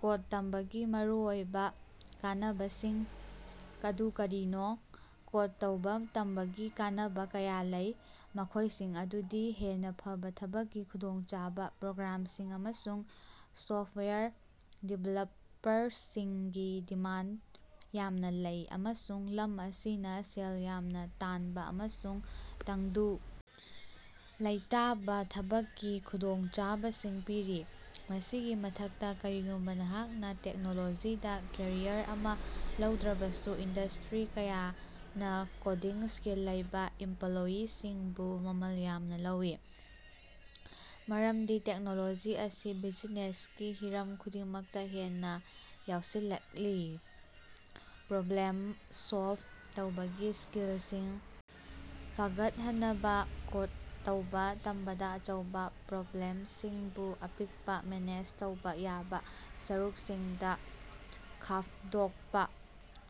Code ꯇꯝꯕꯒꯤ ꯃꯔꯨꯑꯣꯏꯕ ꯀꯥꯟꯅꯕꯁꯤꯡ ꯑꯗꯨ ꯀꯔꯤꯅꯣ? ꯀꯣꯗ ꯇꯧꯕ ꯇꯝꯕꯒꯤ ꯀꯥꯟꯅꯕ ꯀꯌꯥ ꯂꯩ, ꯃꯈꯣꯏꯁꯤꯡ ꯑꯗꯨꯗꯤ: ꯍꯦꯟꯅ ꯐꯕ ꯊꯕꯛꯀꯤ ꯈꯨꯗꯣꯡꯆꯥꯕ: ꯄ꯭ꯔꯣꯒ꯭ꯔꯥꯝꯁꯤꯡ ꯑꯃꯁꯨꯡ ꯁꯣꯐꯋꯦꯌꯔ ꯗꯤꯕꯦꯂꯄꯔꯁꯤꯡꯒꯤ ꯗꯤꯃꯥꯟꯗ ꯌꯥꯝꯅ ꯂꯩ, ꯑꯃꯁꯨꯡ ꯂꯝ ꯑꯁꯤꯅ ꯁꯦꯜ ꯌꯥꯝꯅ ꯇꯥꯟꯕ ꯑꯃꯁꯨꯡ ꯇꯪꯗꯨ ꯂꯩꯇꯥꯕ ꯊꯕꯛꯀꯤ ꯈꯨꯗꯣꯡꯆꯥꯕꯁꯤꯡ ꯄꯤꯔꯤ꯫ ꯃꯁꯤꯒꯤ ꯃꯊꯛꯇ, ꯀꯔꯤꯒꯨꯝꯕ ꯅꯍꯥꯛꯅ ꯇꯦꯛꯅꯣꯂꯣꯖꯤꯗ ꯀꯦꯔꯤꯌꯔ ꯑꯃ ꯂꯧꯗ꯭ꯔꯕꯁꯨ, ꯏꯟꯗꯁ꯭ꯠꯔꯤ ꯀꯌꯥꯅ ꯀꯣꯗꯤꯡ ꯁ꯭ꯀꯤꯜ ꯂꯩꯕ ꯏꯝꯄꯂꯣꯌꯤꯁꯤꯡꯕꯨ ꯃꯃꯜ ꯌꯥꯝꯅ ꯂꯧꯏ, ꯃꯔꯝꯗꯤ ꯇꯦꯛꯅꯣꯂꯣꯖꯤ ꯑꯁꯤ ꯕꯤꯖꯤꯅꯦꯁꯀꯤ ꯍꯤꯔꯝ ꯈꯨꯗꯤꯡꯃꯛꯇ ꯍꯦꯟꯅ ꯌꯥꯑꯣꯁꯤꯜꯂꯛꯂꯤ꯫ ꯄ꯭ꯔꯣꯕ꯭ꯂꯦꯃ ꯁꯣꯜꯕ ꯇꯧꯕꯒꯤ ꯁ꯭ꯀꯤꯂꯁꯤꯡ ꯐꯒꯠꯍꯅꯕ: ꯀꯣꯗ ꯇꯧꯕ ꯇꯝꯕꯗ ꯑꯆꯧꯕ ꯄ꯭ꯔꯣꯕ꯭ꯂꯦꯃꯁꯤꯡꯕꯨ ꯑꯄꯤꯛꯄ, ꯃꯦꯅꯦꯖ ꯇꯧꯕ ꯌꯥꯕ ꯁꯔꯨꯛꯁꯤꯡꯗ ꯈꯥꯐꯗꯣꯛꯄ,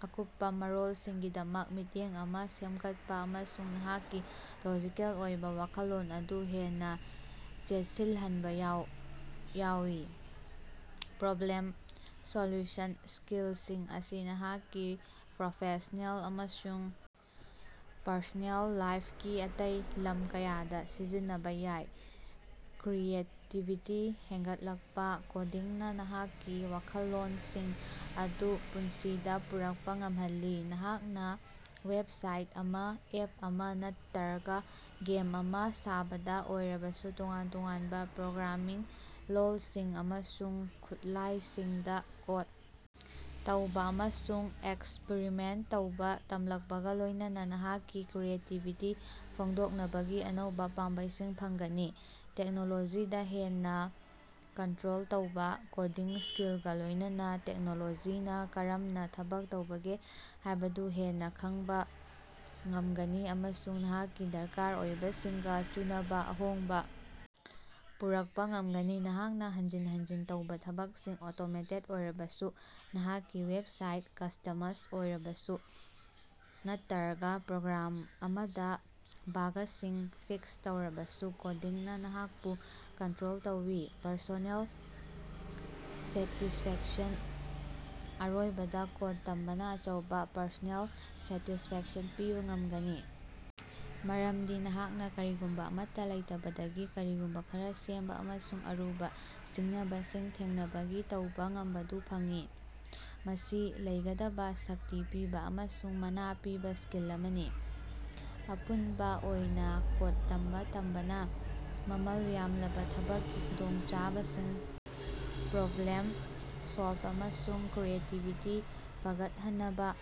ꯑꯀꯨꯞꯄ ꯃꯔꯣꯜꯁꯤꯡꯒꯤꯗꯃꯛ ꯃꯤꯠꯌꯦꯡ ꯑꯃ ꯁꯦꯝꯒꯠꯄ ꯑꯃꯁꯨꯡ ꯅꯍꯥꯛꯀꯤ ꯂꯣꯖꯤꯀꯦꯜ ꯑꯣꯏꯕ ꯋꯥꯈꯜꯂꯣꯟ ꯑꯗꯨ ꯍꯦꯟꯅ ꯆꯦꯠꯁꯤꯜꯍꯟꯕ ꯌꯥꯑꯣꯏ꯫ ꯄ꯭ꯔꯣꯕ꯭ꯂꯦꯝ ꯁꯣꯜꯌꯨꯁꯟ ꯁ꯭ꯀꯤꯂꯁꯤꯡ ꯑꯁꯤ ꯅꯍꯥꯛꯀꯤ ꯄ꯭ꯔꯣꯐꯦꯁꯅꯦꯜ ꯑꯃꯁꯨꯡ ꯄꯔꯁꯣꯅꯦꯜ ꯂꯥꯏꯐꯀꯤ ꯑꯇꯩ ꯂꯝ ꯀꯌꯥꯗ ꯁꯤꯖꯤꯟꯅꯕ ꯌꯥꯏ꯫ ꯀ꯭ꯔꯤꯌꯦꯇꯤꯕꯤꯇꯤ ꯍꯦꯟꯒꯠꯂꯛꯄ: ꯀꯣꯗꯤꯡꯅ ꯅꯍꯥꯛꯀꯤ ꯋꯥꯈꯜꯂꯣꯅꯁꯤꯡ ꯑꯗꯨ ꯄꯨꯟꯁꯤꯗ ꯄꯨꯔꯛꯄ ꯉꯝꯍꯜꯂꯤ, ꯅꯍꯥꯛꯅ ꯋꯦꯕꯁꯥꯏꯠ ꯑꯃ, ꯑꯦꯞ ꯑꯃꯥ ꯅꯠꯇꯔꯒ ꯒꯦꯝ ꯑꯃ ꯁꯥꯕꯗ ꯑꯣꯏꯔꯕꯁꯨ꯫ ꯇꯣꯉꯥꯟ ꯇꯣꯉꯥꯟꯕ ꯄ꯭ꯔꯣꯒ꯭ꯔꯥꯃꯤꯡ ꯂꯣꯜꯁꯤꯡ ꯑꯃꯁꯨꯡ ꯈꯨꯠꯂꯥꯌꯁꯤꯡꯗ ꯀꯣꯗ ꯇꯧꯕ ꯑꯃꯁꯨꯡ ꯑꯦꯛꯁꯄꯔꯤꯃꯦꯟꯇ ꯇꯧꯕ ꯇꯝꯂꯛꯄꯒ ꯂꯣꯏꯅꯅ ꯅꯍꯥꯛꯀꯤ ꯀ꯭ꯔꯤꯌꯦꯇꯤꯕꯤꯇꯤ ꯐꯣꯡꯗꯣꯛꯅꯕꯒꯤ ꯑꯅꯧꯕ ꯄꯥꯝꯕꯩꯁꯤꯡ ꯐꯪꯒꯅꯤ꯫ ꯇꯦꯛꯅꯣꯂꯣꯖꯤꯗꯥ ꯍꯦꯟꯅ ꯀꯟꯠꯔꯣꯜ ꯇꯧꯕ: ꯀꯣꯗꯤꯡ ꯁ꯭ꯀꯤꯜꯒ ꯂꯣꯏꯅꯅ ꯇꯦꯛꯅꯣꯂꯣꯖꯤꯅ ꯀꯔꯝꯅ ꯊꯕꯛ ꯇꯧꯕꯒꯦ ꯍꯥꯏꯕꯗꯨ ꯍꯦꯟꯅ ꯈꯡꯕ ꯉꯝꯒꯅꯤ ꯑꯃꯁꯨꯡ ꯅꯍꯥꯛꯀꯤ ꯗꯔꯀꯥꯔ ꯑꯣꯏꯕꯁꯤꯡꯒ ꯆꯨꯅꯕ ꯑꯍꯣꯡꯕ ꯄꯨꯔꯛꯄ ꯉꯝꯒꯅꯤ꯫ ꯅꯍꯥꯛꯅ ꯍꯟꯖꯤꯟ ꯍꯟꯖꯤꯟ ꯇꯧꯕ ꯊꯕꯛꯁꯤꯡ ꯑꯣꯇꯣꯃꯦꯇꯦꯗ ꯑꯣꯏꯔꯕꯁꯨ, ꯅꯍꯥꯛꯀꯤ ꯋꯦꯕꯁꯥꯏꯠ ꯀꯁ꯭ꯇꯃꯁ ꯑꯣꯏꯔꯕꯁꯨ, ꯅꯠꯇꯔꯒ ꯄ꯭ꯔꯣꯒ꯭ꯔꯥꯝ ꯑꯃꯗ ꯕꯥꯒꯁꯤꯡ ꯐꯤꯛꯁ ꯇꯧꯔꯕꯁꯨ, ꯀꯣꯗꯤꯡꯅ ꯅꯍꯥꯛꯄꯨ ꯀꯟꯠꯔꯣꯜ ꯇꯧꯏ꯫ ꯄꯔꯁꯣꯅꯦꯜ ꯁꯦꯇꯤꯁꯐꯦꯛꯁꯟ: ꯑꯔꯣꯏꯕꯗ, ꯀꯣꯗ ꯇꯝꯕꯅ ꯑꯆꯧꯕ ꯄꯔꯁꯣꯅꯦꯜ ꯁꯦꯇꯤꯁꯐꯦꯛꯁꯟ ꯄꯤꯕ ꯉꯃꯒꯅꯤ, ꯃꯔꯃꯗꯤ ꯅꯍꯥꯛꯅ ꯀꯔꯤꯒꯨꯝꯕ ꯑꯃꯠꯇ ꯂꯩꯇꯕꯗꯒꯤ ꯀꯔꯤꯒꯨꯝꯕ ꯈꯔꯥ ꯁꯦꯝꯕ ꯑꯃꯁꯨꯡ ꯑꯔꯨꯕ ꯁꯤꯡꯅꯕꯁꯤꯡ ꯊꯦꯡꯅꯕꯒꯤ ꯇꯧꯕꯥ ꯉꯝꯕꯗꯨ ꯐꯪꯏ꯫ ꯃꯁꯤ ꯂꯩꯒꯗꯕ ꯁꯛꯇꯤ ꯄꯤꯕ ꯑꯃꯁꯨꯡ ꯃꯅꯥ ꯄꯤꯕ ꯁ꯭ꯀꯤꯜ ꯑꯃꯅꯤ꯫ ꯑꯄꯨꯟꯕꯥ ꯑꯣꯏꯅ, ꯀꯣꯗ ꯇꯝꯕ ꯇꯝꯕꯅ ꯃꯃꯜ ꯌꯥꯝꯂꯕ ꯊꯕꯛꯀꯤ ꯈꯨꯗꯣꯡꯆꯥꯕꯁꯤꯡ, ꯄ꯭ꯔꯣꯕ꯭ꯂꯦꯝ ꯁꯣꯜꯕ ꯑꯃꯁꯨꯡ ꯀ꯭ꯔꯤꯌꯦꯇꯤꯕꯤꯇꯤ ꯐꯒꯠꯍꯅꯕ,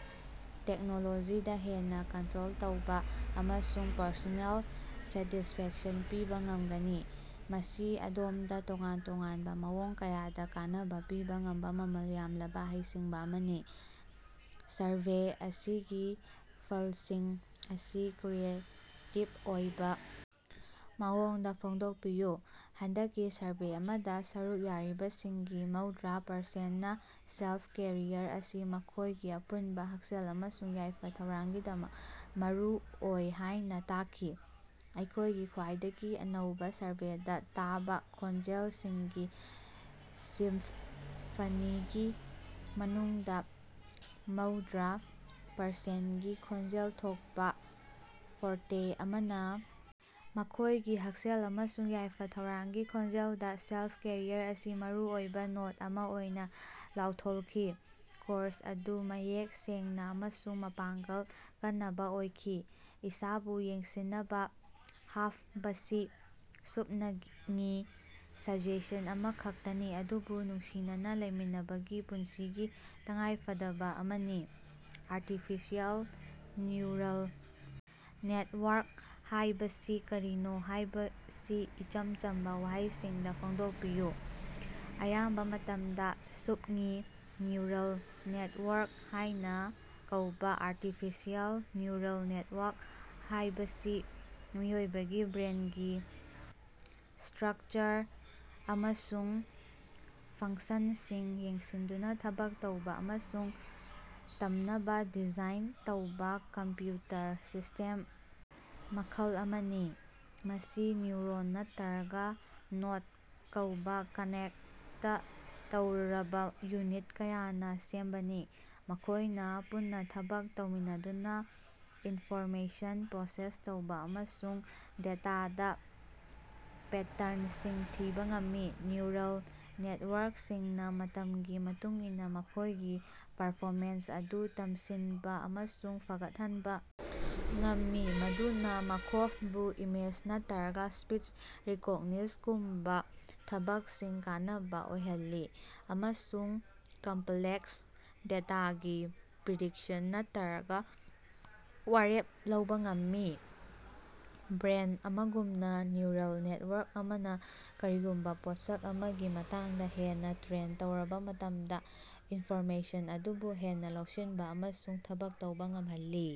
ꯇꯦꯛꯅꯣꯂꯣꯖꯤꯗ ꯍꯦꯟꯅ ꯀꯟꯠꯔꯣꯜ ꯇꯧꯕ, ꯑꯃꯁꯨꯡ ꯄꯔꯁꯣꯅꯦꯜ ꯁꯦꯇꯤꯁꯐꯦꯛꯁꯟ ꯄꯤꯕ ꯉꯃꯒꯅꯤ꯫ ꯃꯁꯤ ꯑꯗꯣꯝꯗ ꯇꯣꯉꯥꯟ ꯇꯣꯉꯥꯟꯕ ꯃꯑꯣꯡ ꯀꯌꯥꯗ ꯀꯥꯟꯅꯕ ꯄꯤꯕ ꯉꯝꯕ ꯃꯃꯜ ꯌꯥꯝꯂꯕ ꯍꯩꯁꯤꯡꯕ ꯑꯃꯅꯤ꯫ ꯁꯔꯚꯦ ꯑꯁꯤꯒꯤ ꯐꯂꯁꯤꯡ ꯑꯁꯤ ꯀ꯭ꯔꯤꯌꯦꯇꯤꯕ ꯑꯣꯏꯕ ꯃꯑꯣꯡꯗ ꯐꯣꯡꯗꯣꯛꯄꯤꯌꯨ꯫ ꯍꯟꯗꯛꯀꯤ ꯁꯔꯚꯦ ꯑꯃꯗ ꯁꯔꯨꯛ ꯌꯥꯔꯤꯕꯁꯤꯡꯒꯤ ꯃꯧꯗ꯭ꯔꯥ ꯄꯔꯁꯦꯟꯅꯥ ꯁꯦꯜꯐ-ꯀꯦꯌꯔ ꯑꯁꯤ ꯃꯈꯣꯏꯒꯤ ꯑꯄꯨꯟꯕ ꯍꯛꯁꯦꯜ ꯑꯃꯁꯨꯡ ꯌꯥꯏꯐ-ꯊꯧꯔꯥꯡꯒꯤꯗꯃꯛ ꯃꯔꯨꯑꯣꯏ ꯍꯥꯏꯅ ꯇꯥꯛꯈꯤ꯫ ꯑꯩꯈꯣꯏꯒꯤ ꯈ꯭ꯋꯥꯏꯗꯒꯤ ꯅꯧꯕ ꯁꯔꯚꯦꯗ ꯇꯥꯕ ꯈꯣꯟꯖꯦꯂꯁꯤꯡꯒꯤ ꯁꯤꯝꯐꯅꯤꯒꯤ ꯃꯅꯨꯡꯗ ꯃꯧꯗ꯭ꯔ ꯄꯔꯁꯦꯟꯒꯤ ꯈꯣꯟꯖꯦꯜ ꯊꯣꯛꯄ ꯐꯣꯔꯇꯦ ꯑꯃꯅ ꯃꯈꯣꯏꯒꯤ ꯍꯛꯁꯦꯜ ꯑꯃꯁꯨꯡ ꯌꯥꯏꯐ-ꯊꯧꯔꯥꯡꯒꯤ ꯈꯣꯟꯖꯦꯜꯗ ꯁꯦꯜꯐ-ꯀꯦꯌꯔ ꯑꯁꯤ ꯃꯔꯨꯑꯣꯏꯕ ꯅꯣꯠ ꯑꯃ ꯑꯣꯏꯅ ꯂꯥꯎꯊꯣꯜꯈꯤ꯫ ꯀꯣꯔꯁ ꯑꯗꯨ ꯃꯌꯦꯛ ꯁꯦꯡꯅ ꯑꯃꯁꯨꯡ ꯃꯄꯥꯡꯒꯜ ꯀꯅꯕ ꯑꯣꯏꯈꯤ; ꯏꯁꯥꯕꯨ ꯌꯦꯡꯁꯤꯅꯕ ꯍꯥꯐꯕꯁꯤ ꯁꯨꯞꯅꯉꯤ ꯁꯖꯦꯁꯟ ꯑꯃꯈꯛꯇꯅꯤ, ꯑꯗꯨꯕꯨ ꯅꯨꯡꯁꯤꯅꯅ ꯂꯩꯃꯤꯟꯅꯕꯒꯤ ꯄꯨꯟꯁꯤꯒꯤ ꯇꯉꯥꯏꯐꯗꯕꯥꯑꯃꯅꯤ꯫ ꯑꯥꯔꯇꯤꯐꯤꯁꯤꯑꯦꯜ ꯅ꯭ꯌꯨꯔꯜ ꯅꯦꯇꯋꯥꯔꯛ ꯍꯥꯏꯕꯁꯤ ꯀꯔꯤꯅꯣ ꯍꯥꯏꯕꯁꯤ ꯏꯆꯝ ꯆꯝꯕ ꯋꯥꯍꯩꯁꯤꯡꯗ ꯐꯣꯡꯗꯣꯛꯄꯤꯌꯨ꯫ ꯑꯌꯥꯝꯕ ꯃꯇꯝꯗ ꯁꯨꯞꯉꯤ "ꯅ꯭ꯌꯨꯔꯜ ꯅꯦꯇꯋꯥꯔꯛ" ꯍꯥꯏꯅ ꯀꯧꯕ ꯑꯥꯔꯇꯤꯐꯤꯁꯤꯑꯦꯜ ꯅ꯭ꯌꯨꯔꯜ ꯅꯦꯠꯋꯥꯔꯛ ꯍꯥꯏꯕꯁꯤ ꯃꯤꯑꯣꯏꯕꯒꯤ ꯕ꯭ꯔꯦꯟꯒꯤ ꯏꯁ꯭ꯠꯔꯛꯆꯔ ꯑꯃꯁꯨꯡ ꯐꯡꯁꯟꯁꯤꯡ ꯌꯦꯡꯁꯤꯟꯗꯨꯅ ꯊꯕꯛ ꯇꯧꯕ ꯑꯃꯁꯨꯡ ꯇꯝꯅꯕ ꯗꯤꯖꯥꯏꯟ ꯇꯧꯕ ꯀꯝꯄꯌꯨꯇꯔ ꯁꯤꯁ꯭ꯇꯦꯝ ꯃꯈꯜ ꯑꯃꯅꯤ꯫ ꯃꯁꯤ ꯅ꯭ꯌꯨꯔꯣꯟ ꯅꯠꯇꯔꯒ ꯅꯣꯗ ꯀꯧꯕ ꯀꯅꯦꯛꯇ ꯇꯧꯔꯕ ꯌꯨꯅꯤꯠ ꯀꯌꯥꯅ ꯁꯦꯝꯕꯅꯤ, ꯃꯈꯣꯏꯅ ꯄꯨꯟꯅ ꯊꯕꯛ ꯇꯧꯃꯤꯟꯅꯗꯨꯅ ꯏꯟꯐꯣꯔꯃꯦꯁꯟ ꯄ꯭ꯔꯣꯁꯦꯁ ꯇꯧꯕ ꯑꯃꯁꯨꯡ ꯗꯦꯇꯥꯗ ꯄꯦꯇꯔꯟꯁꯤꯡ ꯊꯤꯕ ꯉꯝꯃꯤ꯫ ꯅ꯭ꯌꯨꯔꯜ ꯅꯦꯇꯋꯥꯔꯛꯁꯤꯡꯅ ꯃꯇꯝꯒꯤ ꯃꯇꯨꯡꯏꯟꯅ ꯃꯈꯣꯏꯒꯤ ꯄꯔꯐꯣꯃꯦꯟꯁ ꯑꯗꯨ ꯇꯝꯁꯤꯟꯕꯥꯑꯃꯁꯨꯡ ꯐꯒꯠꯍꯟꯕ ꯉꯝꯃꯤ, ꯃꯗꯨꯅ ꯃꯈꯣꯏꯕꯨ ꯏꯃꯦꯖ ꯅꯠꯇꯔꯒ ꯁ꯭ꯄꯤꯆ ꯔꯤꯀꯣꯒꯅꯤꯁꯉꯨꯝꯕ ꯊꯕꯛꯁꯤꯡꯗ ꯀꯥꯟꯅꯕ ꯑꯣꯏꯍꯜꯂꯤ, ꯑꯃꯁꯨꯡ ꯀꯝꯄꯂꯦꯛꯁ ꯗꯦꯇꯥꯗꯒꯤ ꯄ꯭ꯔꯤꯗꯤꯛꯁꯟ ꯅꯠꯇꯔꯒꯥ ꯋꯥꯔꯦꯞ ꯂꯧꯕ ꯉꯝꯃꯤ꯫ ꯕ꯭ꯔꯦꯟ ꯑꯃꯒꯨꯝꯅ, ꯅ꯭ꯌꯨꯔꯜ ꯅꯦꯇꯋꯥꯔꯛ ꯑꯃꯅꯥ ꯀꯔꯤꯒꯨꯝꯕ ꯄꯣꯠꯁꯛ ꯑꯃꯒꯤ ꯃꯇꯥꯡꯗ ꯍꯦꯟꯅ ꯇ꯭ꯔꯦꯟ ꯇꯧꯔꯕ ꯃꯇꯝꯗ, ꯏꯟꯐꯣꯔꯃꯦꯁꯟ ꯑꯗꯨꯕꯨ ꯍꯦꯟꯅ ꯂꯧꯁꯤꯟꯕ ꯑꯃꯁꯨꯡ ꯊꯕꯛ ꯇꯧꯕ ꯉꯃꯍꯜꯂꯤ꯫